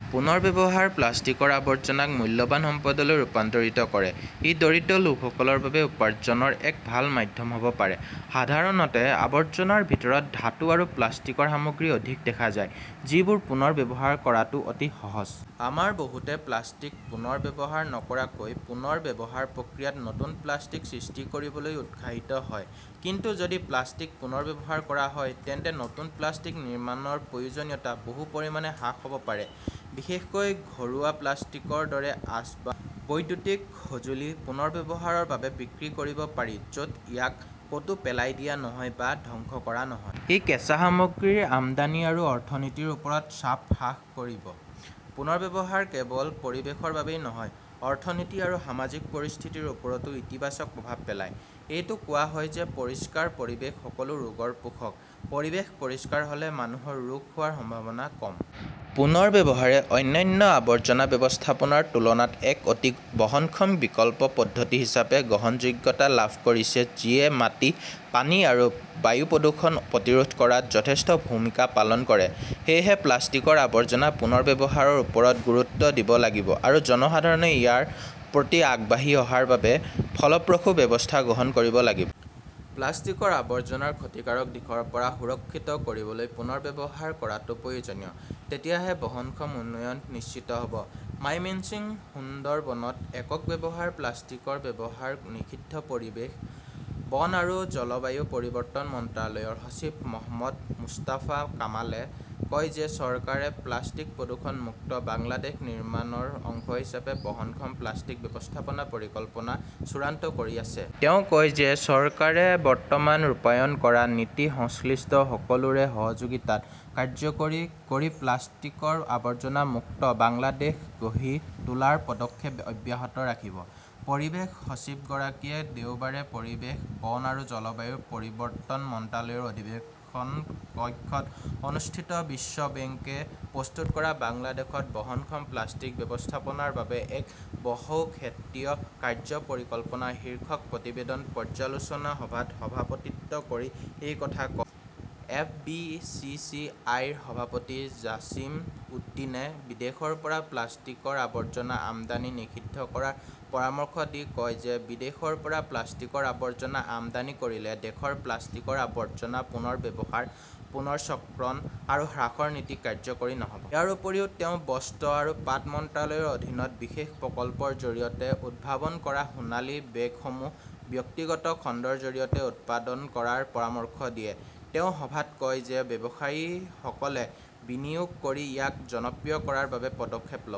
পুনৰ্ব্যৱহাৰে প্লাষ্টিকৰ আৱৰ্জনাক মূল্যৱান সম্পদলৈ ৰূপান্তৰিত কৰে। ই দৰিদ্ৰ লোকসকলৰ বাবে উপাৰ্জনৰ এক ভাল মাধ্যম হ'ব পাৰে। সাধাৰণতে আৱৰ্জনাৰ ভিতৰত ধাতু আৰু প্লাষ্টিকৰ সামগ্ৰী অধিক দেখা যায়, যিবোৰ পুনৰ ব্যৱহাৰ কৰাটো অতি সহজ। আমাৰ বহুতে প্লাষ্টিক পুনৰ ব্যৱহাৰ নকৰাকৈ পুনৰ ব্যৱহাৰ প্ৰক্ৰিয়াত নতুন প্লাষ্টিক সৃষ্টি কৰিবলৈ উৎসাহিত হয়। কিন্তু যদি প্লাষ্টিক পুনৰ ব্যৱহাৰ কৰা হয়, তেন্তে নতুন প্লাষ্টিক নিৰ্মাণৰ প্ৰয়োজনীয়তা বহু পৰিমাণে হ্ৰাস হ 'ব পাৰে। বিশেষকৈ ঘৰুৱা প্লাষ্টিকৰ দৰে আচবাব, বৈদ্যুতিক সঁজুলি পুনৰ্ব্যৱহাৰৰ বাবে বিক্ৰী কৰিব পাৰি য 'ত ইয়াক ক'তো পেলাই দিয়া নহয় বা ধ্বংস কৰা নহয়। ই কেঁচা সামগ্ৰীৰ আমদানি আৰু অৰ্থনীতিৰ ওপৰত চাপ হ্ৰাস কৰিব। পুনৰ্ব্যৱহাৰে কেৱল পৰিৱেশৰ বাবেই নহয়, অৰ্থনীতি আৰু সামাজিক পৰিস্থিতিৰ ওপৰতো ইতিবাচক প্ৰভাৱ পেলায়। এইটো কোৱা হয় যে, পৰিষ্কাৰ পৰিৱেশ সকলো ৰোগৰ পোষক। পৰিৱেশ পৰিষ্কাৰ হ'লে মানুহৰ ৰোগ হোৱাৰ সম্ভাৱনা কম। পুনৰ্ব্যৱহাৰে অন্যান্য আৱৰ্জনা ব্যৱস্থাপনাৰ তুলনাত এক অতি বহনক্ষম বিকল্প পদ্ধতি হিচাপে গ্ৰহণযোগ্যতা লাভ কৰিছে যিয়ে মাটি, পানী আৰু বায়ু প্ৰদূষণ প্ৰতিৰোধ কৰাত যথেষ্ট ভূমিকা পালন কৰে। সেয়েহে প্লাষ্টিকৰ আৱৰ্জনা পুনৰ্ব্যৱহাৰৰ ওপৰত গুৰুত্ব দিব লাগিব আৰু জনসাধাৰণে ইয়াৰ প্ৰতি আগবাঢ়ি অহাৰ বাবে ফলপ্ৰসূ ব্যৱস্থা গ্ৰহণ কৰিব লাগিব। প্লাষ্টিকৰ আৱৰ্জনাৰ ক্ষতিকাৰক দিশৰ পৰা সুৰক্ষিত কৰিবলৈ পুনৰ্ব্যৱহাৰ কৰাটো প্ৰয়োজনীয়। তেতিয়াহে বহনক্ষম উন্নয়ন নিশ্চিত হ'ব। মাইমেন্সিং সুন্দৰবনত একক ব্যৱহাৰৰ প্লাষ্টিকৰ ব্যৱহাৰ নিষিদ্ধ পৰিৱেশ, বন আৰু জলবায়ু পৰিৱৰ্তন মন্ত্ৰালয়ৰ সচিব মহম্মদ মুস্তাফা কামালে কয় যে, চৰকাৰে প্লাষ্টিক প্ৰদূষণ মুক্ত বাংলাদেশ নিৰ্মাণৰ অংশ হিচাপে বহনক্ষম প্লাষ্টিক ব্যৱস্থাপনা পৰিকল্পনা চূড়ান্ত কৰি আছে। তেওঁ কয় যে চৰকাৰে বৰ্তমান ৰূপায়ণ কৰাৰ নীতি সংশ্লিষ্ট সকলোৰে সহযোগিতাত কাৰ্যকৰী কৰি প্লাষ্টিকৰ আৱৰ্জনা মুক্ত বাংলাদেশ গঢ়ি তোলাৰ পদক্ষেপ অব্যাহত ৰাখিব। পৰিৱেশ সচিবগৰাকীয়ে দেওবাৰে পৰিৱেশ, বন আৰু জলবায়ু পৰিৱৰ্তন মন্ত্ৰালয়ৰ অধিৱেশন কক্ষত অনুষ্ঠিত বিশ্ব বেংকে প্ৰস্তুত কৰা বাংলাদেশত বহনক্ষম প্লাষ্টিক ব্যৱস্থাপনাৰ বাবে এক বহুক্ষেত্ৰীয় কাৰ্য্য পৰিকল্পনা শীৰ্ষক প্ৰতিবেদন পৰ্যালোচনা সভাত সভাপতিত্ব কৰি এই কথা কয়। F. B. C. C. I. ৰ সভাপতি জাছিম উদ্দীনে বিদেশৰ পৰা প্লাষ্টিকৰ আৱৰ্জনা আমদানি নিষিদ্ধ কৰাৰ পৰামৰ্শ দি কয় যে, বিদেশৰ পৰা প্লাষ্টিকৰ আৱৰ্জনা আমদানি কৰিলে দেশৰ প্লাষ্টিকৰ আৱৰ্জনা পুনৰ ব্যৱহাৰ, পুনৰচক্ৰণ আৰু হ্ৰাসৰ নীতি কাৰ্যকৰী নহ'ব। ইয়াৰ উপৰিও তেওঁ বস্ত্ৰ আৰু পাট মন্ত্ৰালয়ৰ অধীনত বিশেষ প্ৰকল্পৰ জৰিয়তে উদ্ভাৱন কৰা সোণালী বেগসমূহ ব্যক্তিগত খণ্ডৰ জৰিয়তে উৎপাদন কৰাৰ পৰামৰ্শ দিয়ে। তেওঁ সভাত কয় যে, ব্যৱসায়ীসকলে বিনিয়োগ কৰি ইয়াক জনপ্ৰিয় কৰাৰ বাবে পদক্ষেপ ল'ব।